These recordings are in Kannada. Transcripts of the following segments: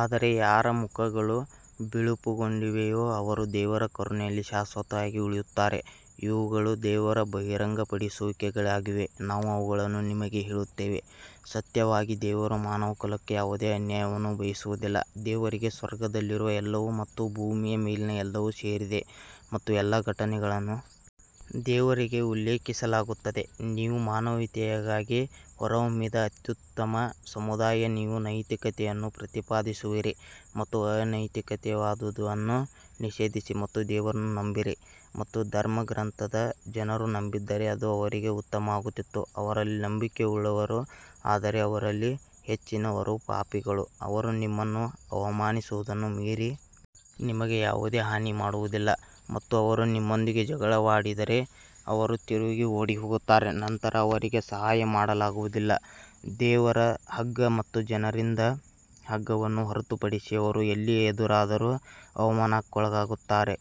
ಆದರೆ ಯಾರ ಮುಖಗಳು ಬಿಳುಪುಗೊಂಡಿವೆಯೋ ಅವರು ದೇವರ ಕರುಣೆಯಲ್ಲಿ ಶಾಶ್ವತವಾಗಿ ಉಳಿಯುತ್ತಾರೆ ಇವುಗಳು ದೇವರ ಬಹಿರಂಗಪಡಿಸುವಿಕೆಗಳಾಗಿವೆ, ನಾವು ಅವುಗಳನ್ನು ನಿಮಗೆ ಹೇಳುತ್ತೇವೆ ಸತ್ಯವಾಗಿ ದೇವರು ಮಾನವಕುಲಕ್ಕೆ ಯಾವುದೇ ಅನ್ಯಾಯವನ್ನು ಬಯಸುವುದಿಲ್ಲ ದೇವರಿಗೆ ಸ್ವರ್ಗದಲ್ಲಿರುವ ಎಲ್ಲವೂ ಮತ್ತು ಭೂಮಿಯ ಮೇಲಿನ ಎಲ್ಲವೂ ಸೇರಿದೆ ಮತ್ತು ಎಲ್ಲಾ ಘಟನೆಗಳನ್ನು ದೇವರಿಗೆ ಉಲ್ಲೇಖಿಸಲಾಗುತ್ತದೆ ನೀವು ಮಾನವೀಯತೆಗಾಗಿ ಹೊರಹೊಮ್ಮಿದ ಅತ್ಯುತ್ತಮ ಸಮುದಾಯ ನೀವು ನೈತಿಕತೆಯನ್ನು ಪ್ರತಿಪಾದಿಸುವಿರಿ ಮತ್ತು ಅನೈತಿಕವಾದುದನ್ನು ನಿಷೇಧಿಸಿ ಮತ್ತು ದೇವರನ್ನು ನಂಬಿರಿ ಮತ್ತು ಧರ್ಮಗ್ರಂಥದ ಜನರು ನಂಬಿದ್ದರೆ ಅದು ಅವರಿಗೆ ಉತ್ತಮವಾಗುತ್ತಿತ್ತು ಅವರಲ್ಲಿ ನಂಬಿಕೆಯುಳ್ಳವರು ಆದರೆ ಅವರಲ್ಲಿ ಹೆಚ್ಚಿನವರು ಪಾಪಿಗಳು ಅವರು ನಿಮ್ಮನ್ನು ಅವಮಾನಿಸುವುದನ್ನು ಮೀರಿ ನಿಮಗೆ ಯಾವುದೇ ಹಾನಿ ಮಾಡುವುದಿಲ್ಲ ಮತ್ತು ಅವರು ನಿಮ್ಮೊಂದಿಗೆ ಜಗಳವಾಡಿದರೆ ಅವರು ತಿರುಗಿ ಓಡಿಹೋಗುತ್ತಾರೆ ನಂತರ ಅವರಿಗೆ ಸಹಾಯ ಮಾಡಲಾಗುವುದಿಲ್ಲ ದೇವರ ಹಗ್ಗ ಮತ್ತು ಜನರಿಂದ ಹಗ್ಗವನ್ನು ಹೊರತುಪಡಿಸಿ ಅವರು ಎಲ್ಲಿ ಎದುರಾದರೂ ಅವಮಾನಕ್ಕೊಳಗಾಗುತ್ತಾರೆ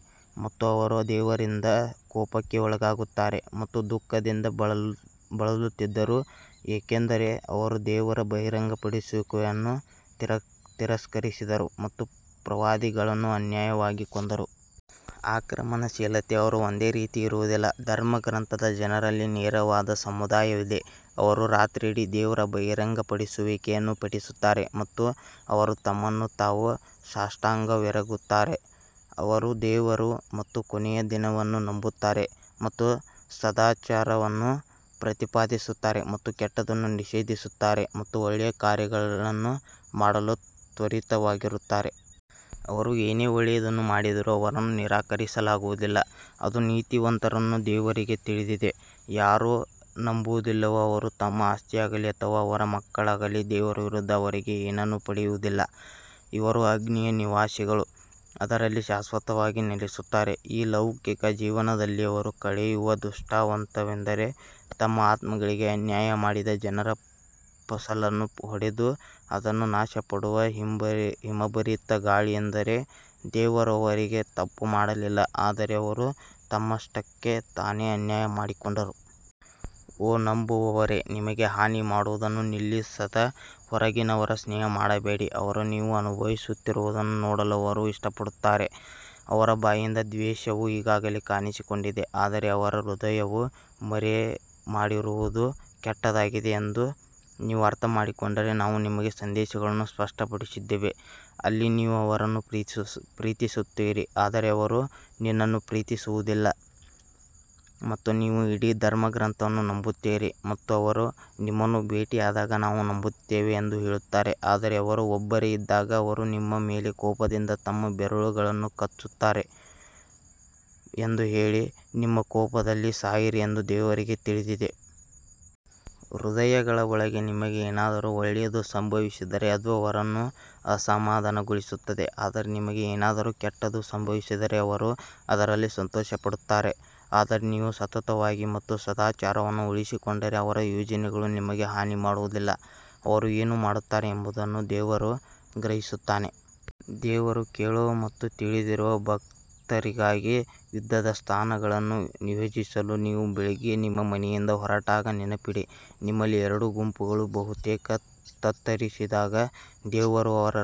ಮತ್ತು ಅವರು ದೇವರಿಂದ ಕೋಪಕ್ಕೆ ಒಳಗಾಗುತ್ತಾರೆ ಮತ್ತು ದುಃಖದಿಂದ ಬಳಲುತ್ತಿದ್ದರು, ಏಕೆಂದರೆ ಅವರು ದೇವರ ಬಹಿರಂಗಪಡಿಸುವಿಕೆಯನ್ನು ತಿರಸ್ಕರಿಸಿದರು ಮತ್ತು ಪ್ರವಾದಿಗಳನ್ನು ಅನ್ಯಾಯವಾಗಿ ಕೊಂದರು. ಆಕ್ರಮಣಶೀಲತೆ ಅವರು ಒಂದೇ ರೀತಿ ಇರುವುದಿಲ್ಲ ಧರ್ಮಗ್ರಂಥದ ಜನರಲ್ಲಿ ನೇರವಾದ ಸಮುದಾಯವಿದೆ, ಅವರು ರಾತ್ರಿಯಿಡೀ ದೇವರ ಬಹಿರಂಗಪಡಿಸುವಿಕೆಯನ್ನು ಪಠಿಸುತ್ತಾರೆ ಮತ್ತು ಅವರು ತಮ್ಮನ್ನು ತಾವು ಸಾಷ್ಟಾಂಗವೆರಗುತ್ತಾರೆ. ಅವರು ದೇವರು ಮತ್ತು ಕೊನೆಯ ದಿನವನ್ನು ನಂಬುತ್ತಾರೆ ಮತ್ತು ಸದಾಚಾರವನ್ನು ಪ್ರತಿಪಾದಿಸುತ್ತಾರೆ ಮತ್ತು ಕೆಟ್ಟದ್ದನ್ನು ನಿಷೇಧಿಸುತ್ತಾರೆ ಮತ್ತು ಒಳ್ಳೆಯ ಕಾರ್ಯಗಳನ್ನು ಮಾಡಲು ತ್ವರಿತವಾಗಿರುತ್ತಾರೆ. ಅವರು ಏನೇ ಒಳ್ಳೆಯದನ್ನು ಮಾಡಿದರೂ ಅವರನ್ನು ನಿರಾಕರಿಸಲಾಗುವುದಿಲ್ಲ ಅದು ನೀತಿವಂತರನ್ನು ದೇವರಿಗೆ ತಿಳಿದಿದೆ ಯಾರು ನಂಬುವುದಿಲ್ಲವೋ ಅವರು ತಮ್ಮ ಆಸ್ತಿಯಾಗಲಿ ಅಥವಾ ಅವರ ಮಕ್ಕಳಾಗಲಿ ದೇವರ ವಿರುದ್ಧ ಅವರಿಗೆ ಏನನ್ನೂ ಪಡೆಯುವುದಿಲ್ಲ, ಇವರು ಅಗ್ನಿಯ ನಿವಾಸಿಗಳು ಅದರಲ್ಲಿ ಶಾಶ್ವತವಾಗಿ ನೆಲೆಸುತ್ತಾರೆ. ಈ ಲೌಕಿಕ ಜೀವನದಲ್ಲಿ ಅವರು ಕಳೆಯುವ ದೃಷ್ಟಾಂತವೆಂದರೆ ತಮ್ಮ ಆತ್ಮಗಳಿಗೆ ಅನ್ಯಾಯ ಮಾಡಿದ ಜನರ ಫಸಲನ್ನು ಹೊಡೆದು ಅದನ್ನು ನಾಶಮಾಡುವ ಹಿಮಭರಿತ ಗಾಳಿಯೆಂದರೆ ದೇವರು ಅವರಿಗೆ ತಪ್ಪು ಮಾಡಲಿಲ್ಲ ಆದರೆ ಅವರು ತಮ್ಮಷ್ಟಕ್ಕೇ ತಾನೇ ಅನ್ಯಾಯ ಮಾಡಿಕೊಂಡರು. ಓ ನಂಬುವವರೇ ನಿಮಗೆ ಹಾನಿ ಮಾಡುವುದನ್ನು ನಿಲ್ಲಿಸದ ಹೊರಗಿನವರ ಸ್ನೇಹ ಮಾಡಬೇಡಿ ಅವರು ನೀವು ಅನುಭವಿಸುತ್ತಿರುವುದನ್ನು ನೋಡಲು ಅವರು ಇಷ್ಟಪಡುತ್ತಾರೆ ಅವರ ಬಾಯಿಂದ ದ್ವೇಷವು ಈಗಾಗಲೇ ಕಾಣಿಸಿಕೊಂಡಿದೆ ಆದರೆ ಅವರ ಹೃದಯವು ಮರೆಮಾಡಿರುವುದು ಕೆಟ್ಟದಾಗಿದೆ ಎಂದು ನೀವು ಅರ್ಥಮಾಡಿಕೊಂಡರೆ ನಾವು ನಿಮಗೆ ಸಂದೇಶಗಳನ್ನು ಸ್ಪಷ್ಟಪಡಿಸಿದ್ದೇವೆ. ಅಲ್ಲಿ ನೀವು ಅವರನ್ನು ಪ್ರೀತಿಸುತ್ತೀರಿ ಆದರೆ ಅವರು ನಿನ್ನನ್ನು ಪ್ರೀತಿಸುವುದಿಲ್ಲ ಮತ್ತು ನೀವು ಇಡೀ ಧರ್ಮಗ್ರಂಥವನ್ನು ನಂಬುತ್ತೀರಿ ಮತ್ತು ಅವರು ನಿಮ್ಮನ್ನು ಭೇಟಿಯಾದಾಗ ನಾವು ನಂಬುತ್ತೇವೆ ಎಂದು ಹೇಳುತ್ತಾರೆ ಆದರೆ ಅವರು ಒಬ್ಬರೇ ಇದ್ದಾಗ ಅವರು ನಿಮ್ಮ ಮೇಲೆ ಕೋಪದಿಂದ ತಮ್ಮ ಬೆರಳುಗಳನ್ನು ಕಚ್ಚುತ್ತಾರೆ ಎಂದು ಹೇಳಿ ನಿಮ್ಮ ಕೋಪದಲ್ಲಿ ಸಾಯಿರಿ ಎಂದು ದೇವರಿಗೆ ತಿಳಿದಿದೆ. ಹೃದಯಗಳ ಒಳಗೆ ನಿಮಗೆ ಏನಾದರೂ ಒಳ್ಳೆಯದು ಸಂಭವಿಸಿದರೆ ಅದು ಅವರನ್ನು ಅಸಮಾಧಾನಗೊಳಿಸುತ್ತದೆ ಆದರೆ ನಿಮಗೆ ಏನಾದರೂ ಕೆಟ್ಟದು ಸಂಭವಿಸಿದರೆ ಅವರು ಅದರಲ್ಲಿ ಸಂತೋಷಪಡುತ್ತಾರೆ ಆದರೆ ನೀವು ಸತತವಾಗಿ ಮತ್ತು ಸದಾಚಾರವನ್ನು ಉಳಿಸಿಕೊಂಡರೆ ಅವರ ಯೋಜನೆಗಳು ನಿಮಗೆ ಹಾನಿ ಮಾಡುವುದಿಲ್ಲ, ಅವರು ಏನು ಮಾಡುತ್ತಾರೆ ಎಂಬುದನ್ನು ದೇವರು ಗ್ರಹಿಸುತ್ತಾನೆ. ದೇವರು ಕೇಳುವ ಮತ್ತು ತಿಳಿದಿರುವ ಭಕ್ತರಿಗಾಗಿ ಯುದ್ಧದ ಸ್ಥಾನಗಳನ್ನು ನಿಯೋಜಿಸಲು ನೀವು ಬೆಳಿಗ್ಗೆ ನಿಮ್ಮ ಮನೆಯಿಂದ ಹೊರಟಾಗ ನೆನಪಿಡಿ ನಿಮ್ಮಲ್ಲಿ ಎರಡು ಗುಂಪುಗಳು ಬಹುತೇಕ ತತ್ತರಿಸಿದಾಗ ದೇವರು ಅವರ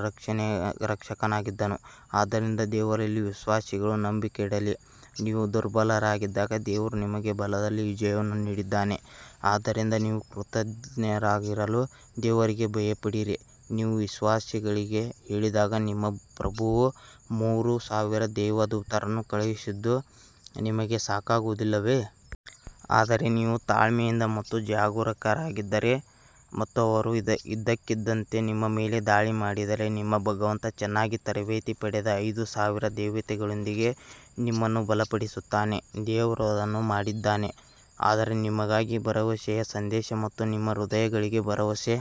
ರಕ್ಷಕನಾಗಿದ್ದನು ಆದ್ದರಿಂದ ದೇವರಲ್ಲಿ ವಿಶ್ವಾಸಿಗಳು ನಂಬಿಕೆ ಇಡಲಿ ನೀವು ದುರ್ಬಲರಾಗಿದ್ದಾಗ ದೇವರು ನಿಮಗೆ ಬಲದಲ್ಲಿ ವಿಜಯವನ್ನು ನೀಡಿದ್ದಾನೆ ಆದ್ದರಿಂದ ನೀವು ಕೃತಜ್ಞರಾಗಿರಲು ದೇವರಿಗೆ ಭಯಪಡಿರಿ ನೀವು ವಿಶ್ವಾಸಿಗಳಿಗೆ ಹೇಳಿದಾಗ ನಿಮ್ಮ ಪ್ರಭುವು ಮೂರು ಸಾವಿರ ದೇವದೂತರನ್ನು ಕಳುಹಿಸಿದ್ದು ನಿಮಗೆ ಸಾಕಾಗುವುದಿಲ್ಲವೇ? ಆದರೆ ನೀವು ತಾಳ್ಮೆಯಿಂದ ಮತ್ತು ಜಾಗರೂಕರಾಗಿದ್ದರೆ ಮತ್ತು ಅವರು ಇದ್ದಕ್ಕಿದ್ದಂತೆ ನಿಮ್ಮ ಮೇಲೆ ದಾಳಿ ಮಾಡಿದರೆ ನಿಮ್ಮ ಭಗವಂತ ಚೆನ್ನಾಗಿ ತರಬೇತಿ ಪಡೆದ ಐದು ಸಾವಿರ ದೇವತೆಗಳೊಂದಿಗೆ ನಿಮ್ಮನ್ನು ಬಲಪಡಿಸುತ್ತಾನೆ. ದೇವರು ಅದನ್ನು ಮಾಡಿದ್ದಾನೆ ಆದರೆ ನಿಮಗಾಗಿ ಭರವಸೆಯ ಸಂದೇಶ ಮತ್ತು ನಿಮ್ಮ ಹೃದಯಗಳಿಗೆ ಭರವಸೆ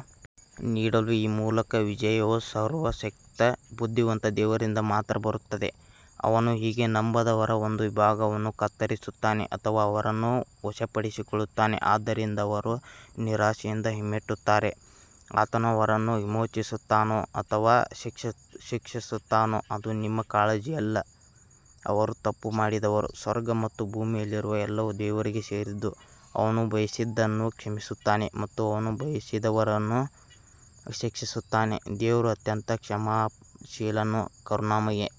ನೀಡಲು ಆ ಮೂಲಕ ವಿಜಯವು ಸರ್ವಶಕ್ತ ಬುದ್ಧಿವಂತ ದೇವರಿಂದ ಮಾತ್ರ ಬರುತ್ತದೆ ಅವನು ಹೀಗೆ ನಂಬದವರ ಒಂದು ವಿಭಾಗವನ್ನು ಕತ್ತರಿಸುತ್ತಾನೆ ಅಥವಾ ಅವರನ್ನು ವಶಪಡಿಸಿಕೊಳ್ಳುತ್ತಾನೆ ಆದ್ದರಿಂದ ಅವರು ನಿರಾಶೆಯಿಂದ ಹಿಮ್ಮೆಟ್ಟುತ್ತಾರೆ ಆತನು ಅವರನ್ನು ವಿಮೋಚಿಸುತ್ತಾನೋ ಅಥವಾ ಶಿಕ್ಷಿಸುತ್ತಾನೋ ಅದು ನಿಮ್ಮ ಕಾಳಜಿಯಲ್ಲ ಅವರು ತಪ್ಪು ಮಾಡಿದವರು ಸ್ವರ್ಗ ಮತ್ತು ಭೂಮಿಯಲ್ಲಿರುವ ಎಲ್ಲವೂ ದೇವರಿಗೆ ಸೇರಿದ್ದು, ಅವನು ಬಯಸಿದವರನ್ನು ಕ್ಷಮಿಸುತ್ತಾನೆ ಮತ್ತು ಅವನು ಬಯಸಿದವರನ್ನು ಶಿಕ್ಷಿಸುತ್ತಾನೆ ದೇವರು ಅತ್ಯಂತ ಕ್ಷಮಾಶೀಲನು ಕರುಣಾಮಯಿ.